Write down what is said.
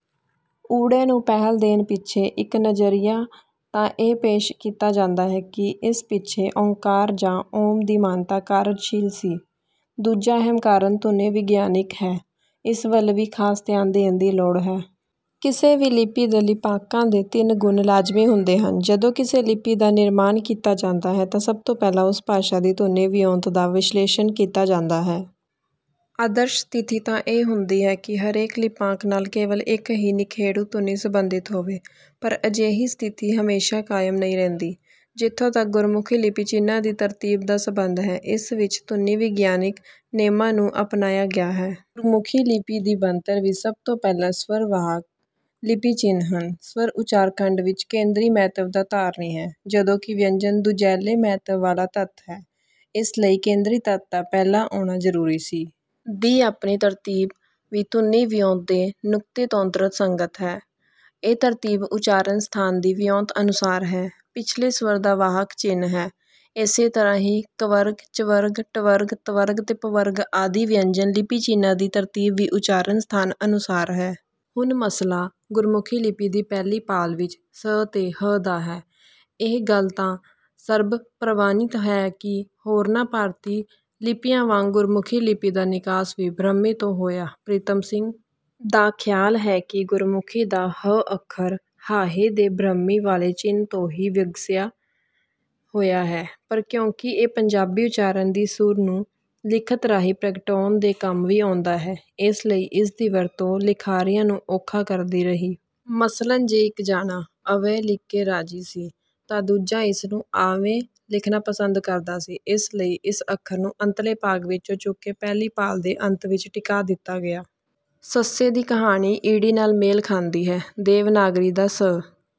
'ਊੜੇ' ਨੂੰ ਪਹਿਲ ਦੇਣ ਪਿੱਛੇ ਇੱਕ ਨਜ਼ਰੀਆ ਤਾਂ ਇਹ ਪੇਸ਼ ਕੀਤਾ ਜਾਂਦਾ ਹੈ ਕਿ ਇਸ ਪਿੱਛੇ 'ਓਅੰਕਾਰ' ਜਾਂ 'ਓਮ' ਦੀ ਮਾਨਤਾ ਕਾਰਜਸ਼ੀਲ ਸੀ। ਦੂਜਾ ਅਹਿਮ ਕਾਰਨ ਧੁਨੀ-ਵਿਗਿਆਨਿਕ ਹੈ। ਇਸ ਵੱਲ ਵੀ ਖ਼ਾਸ ਧਿਆਨ ਦੇਣ ਦੀ ਲੋੜ ਹੈ। ਕਿਸੇ ਵੀ ਲਿਪੀ ਦੇ ਲਿਪਾਂਕਾਂ ਦੇ ਤਿੰਨ ਗੁਣ ਲਾਜ਼ਮੀ ਹੁੰਦੇ ਹਨ: ਜਦੋਂ ਕਿਸੇ ਲਿਪੀ ਦਾ ਨਿਰਮਾਣ ਕੀਤਾ ਜਾਂਦਾ ਹੈ ਤਾਂ ਸਭ ਤੋਂ ਪਹਿਲਾਂ ਉਸ ਭਾਸ਼ਾ ਦੀ ਧੁਨੀ ਵਿਉਂਤ ਦਾ ਵਿਸ਼ਲੇਸ਼ਣ ਕੀਤਾ ਜਾਂਦਾ ਹੈ। ਆਦਰਸ਼ ਸਥਿਤੀ ਤਾਂ ਇਹ ਹੁੰਦੀ ਹੈ ਕਿ ਹਰੇਕ ਲਿਪਾਂਕ ਨਾਲ ਕੇਵਲ ਇੱਕ ਹੀ ਨਿਖੇੜੂ ਧੁਨੀ ਸੰਬੰਧਿਤ ਹੋਵੇ, ਪਰ ਅਜਿਹੀ ਸਥਿਤੀ ਹਮੇਸ਼ਾਂ ਕਾਇਮ ਨਹੀਂ ਰਹਿੰਦੀ। ਜਿੱਥੋਂ ਤੱਕ ਗੁਰਮੁਖੀ ਲਿਪੀ ਚਿੰਨ੍ਹਾਂ ਦੀ ਤਰਤੀਬ ਦਾ ਸੰਬੰਧ ਹੈ, ਇਸ ਵਿੱਚ ਧੁਨੀ-ਵਿਗਿਆਨਿਕ ਨੇਮਾਂ ਨੂੰ ਅਪਣਾਇਆ ਗਿਆ ਹੈ। ਗੁਰਮੁਖੀ ਲਿਪੀ ਦੀ ਬਣਤਰ ਵਿੱਚ ਸਭ ਤੋਂ ਪਹਿਲਾਂ ਸ੍ਵਰ ਵਾਹਕ ਲਿਪੀ ਚਿੰਨ੍ਹ ਹਨ। ਸ੍ਵਰ ਉਚਾਰ-ਖੰਡ ਵਿੱਚ ਕੇਂਦਰੀ ਮਹੱਤਵ ਦਾ ਧਾਰਨੀ ਹੈ, ਜਦੋਂ ਕਿ ਵਿਅੰਜਨ ਦੁਜੈਲੇ ਮਹੱਤਵ ਵਾਲਾ ਤੱਤ ਹੈ। ਇਸ ਲਈ ਕੇਂਦਰੀ ਤੱਤ ਦਾ ਪਹਿਲਾਂ ਆਉਣਾ ਜ਼ਰੂਰੀ ਸੀ। ਦੀ ਆਪਣੀ ਤਰਤੀਬ ਵੀ ਧੁਨੀ-ਵਿਉਂਤ ਦੇ ਨੁਕਤੇ ਤੋਂਤਰਕ ਸੰਗਤ ਹੈ। ਇਹ ਤਰਤੀਬ ਉਚਾਰਨ ਸਥਾਨ ਦੀ ਵਿਉਂਤ ਅਨੁਸਾਰ ਹੈ। ਪਿਛਲੇ ਸ੍ਵਰ ਦਾ ਵਾਹਕ ਚਿੰਨ੍ਹ ਹੈ। ਇਸੇ ਤਰ੍ਹਾਂ ਹੀ ਕਵਰਗ, ਚਵਰਗ, ਟਵਰਗ, ਤਵਰਗ ਤੇ ਪਵਰਗ ਆਦਿ ਵਿਅੰਜਨ ਲਿਪੀ ਚਿੰਨ੍ਹਾਂ ਦੀ ਤਰਤੀਬ ਵੀ ਉਚਾਰਨ ਸਥਾਨ ਅਨੁਸਾਰ ਹੈ। ਹੁਣ ਮਸਲਾ ਗੁਰਮੁਖੀ ਲਿਪੀ ਦੀ ਪਹਿਲੀ ਪਾਲ ਵਿੱਚ 'ਸ' ਤੇ 'ਹ' ਦਾ ਹੈ। ਇਹ ਗੱਲ ਤਾਂ ਸਰਬਪ੍ਰਵਾਨਿਤ ਹੈ ਕਿ ਹੋਰਨਾਂ ਭਾਰਤੀ ਲਿਪੀਆਂ ਵਾਂਗ ਗੁਰਮੁਖੀ ਲਿਪੀ ਦਾ ਨਿਕਾਸ ਵੀ 'ਬ੍ਰਹਮੀ' ਤੋਂ ਹੋਇਆ। ਪ੍ਰੀਤਮ ਸਿੰਘ ਦਾ ਖ਼ਿਆਲ ਹੈ ਕਿ ਗੁਰਮੁਖੀ ਦਾ 'ਹ' ਅੱਖਰ 'ਹਾਹੇ' ਦੇ ਬ੍ਰਹਮੀ ਵਾਲੇ ਚਿੰਨ੍ਹ ਤੋਂ ਹੀ ਵਿਗਸਿਆ ਹੋਇਆ ਹੈ, ਪਰ ਕਿਉਂਕਿ ਇਹ ਪੰਜਾਬੀ ਉਚਾਰਨ ਦੀ ਸੁਰ ਨੂੰ ਲਿਖਤ ਰਾਹੀਂ ਪ੍ਰਗਟਾਉਣ ਦੇ ਕੰਮ ਵੀ ਆਉਂਦਾ ਹੈ, ਇਸ ਲਈ ਇਸ ਦੀ ਵਰਤੋਂ ਲਿਖਾਰੀਆਂ ਨੂੰ ਔਖਾ ਕਰਦੀ ਰਹੀ। ਮਸਲਨ ਜੇ ਇੱਕ ਜਾਣਾ 'ਅਵਹਿ' ਲਿਖ ਕੇ ਰਾਜ਼ੀ ਸੀ, ਤਾਂ ਦੂਜਾ ਇਸ ਨੂੰ 'ਆਵੈ' ਲਿਖਣਾ ਪਸੰਦ ਕਰਦਾ ਸੀ। ਇਸ ਲਈ ਇਸ ਅੱਖਰ ਨੂੰ ਅੰਤਲੇ ਭਾਗ ਵਿੱਚੋਂ ਚੁੱਕ ਕੇ ਪਹਿਲੀ ਪਾਲ ਦੇ ਅੰਤ ਵਿੱਚ ਟਿਕਾ ਦਿੱਤਾ ਗਿਆ। 'ਸੱਸੇ' ਦੀ ਕਹਾਣੀ ਈੜੀ ਨਾਲ ਮੇਲ ਖਾਂਦੀ ਹੈ। ਦੇਵਨਾਗਰੀ ਦਾ 'ਸ'